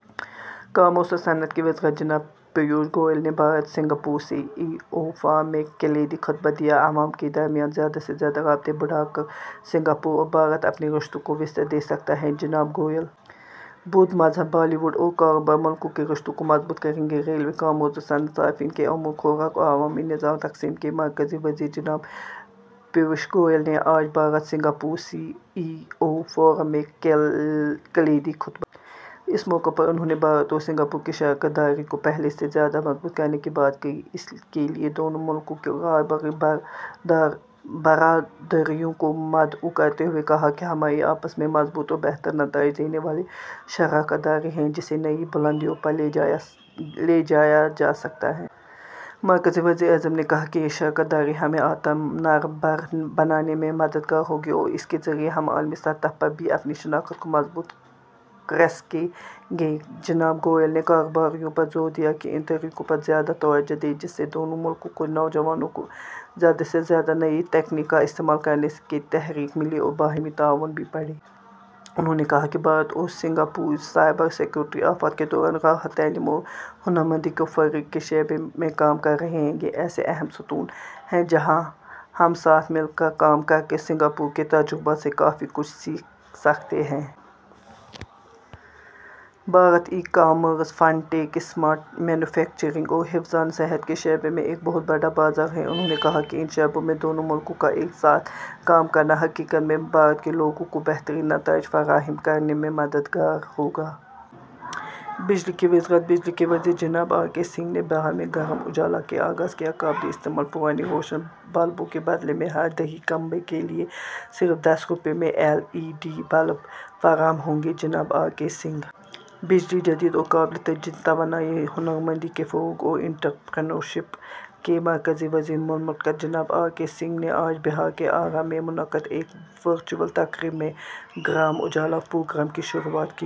Commerce اور صنعت کی وزارت جناب پیوش گوئل نے بھارت–سنگاپور سی ای او فورم میں کلیدی خطبہ دیا۔ عوام کے درمیان زیادہ سے زیادہ رابطے بڑھا کر سنگاپور اور بھارت اپنے رشتوں کو وسعت دے سکتے ہیں: جناب گوئل۔ بدھ مذہب، بالی وڈ اور کاروبار، ملکوں کے رشتوں کو مضبوط کریں گے۔ ریلوے، کامرس اور صنعت، صارفین کے امور، خوراک اور عوامی نظام تقسیم کے مرکزی وزیر جناب پیوش گوئل نے آج بھارت–سنگاپور سی ای او فورم میں کلیدی خطبہ دیا۔ اس موقع پر انہوں نے بھارت اور سنگاپور کی شراکت داری کو پہلے سے زیادہ مضبوط کرنے کی بات کہی۔ اس کے لیے دونوں ملکوں کی کاروباری برادریوں کو مدعو کرتے ہوئے کہا کہ ہماری آپس میں مضبوط اور بہتر نتائج دینے والی شراکت داری ہے، جسے نئی بلندیوں پر لے جایا جاسکتا ہے۔ مرکزی وزیر نے کہا کہ یہ شراکت داری ہمیں آتم نربھر بنانے میں مددگار ہوگی اور اس کے ذریعے ہم عالمی سطح پر بھی اپنی شناخت کو مضبوط کرسکیں گے۔ جناب گوئل نے کاروباریوں پر زور دیا کہ ان طریقوں پر زیادہ توجہ دیں، جس سے دونوں ملکوں کے نوجوانوں کو زیادہ سے زیادہ نئی تکنیک کا استعمال کرنے کی تحریک ملے اور باہمی تعاون بھی بڑھے۔ انہوں نے کہا کہ بھارت اور سنگاپور سائبر سکیورٹی، آفات کے دوران راحت، تعلیم اور ہنرمندی کے فروغ کے شعبے میں کام کررہے ہیں۔ یہ ایسے اہم ستون ہیں، جہاں ہم ساتھ مل کر کام کرکے سنگاپور کے تجربات سے کافی کچھ سیکھ سکتے ہیں۔ Bharat e commerce, fintech, smart manufacturing اور حفظانِ صحت کے شعبے میں ایک بہت بڑا بازار ہے۔ انہوں نے کہا کہ ان شعبوں میں دونوں ملکوں کا ایک ساتھ کام کرنا حقیقت میں بھارت کے لوگوں کو بہترین نتائج فراہم کرنے میں مددگار ہوگا۔ بجلی کی وزارت بجلی کے وزیر جناب آر کے سنگھ نے بہار میں گرام اُجالا کا آغاز کیا۔ قابلِ استعمال پرانے روشن بلبوں کے بدلے ہر دیہی کنبے کے لیے صرف دس روپے میں ایل ای ڈی بلب فراہم ہوں گے: جناب آر کے سنگھ۔ بجلی، جدید اور قابلِ تجدید توانائی، ہنرمندی کے فروغ اور انٹرپرینیورشپ کے مرکزی وزیر مملکت جناب آر کے سنگھ نے آج بہار کے آرا میں منعقد ایک ورچوئل تقریب میں گرام اُجالا پروگرام کی شروعات کی۔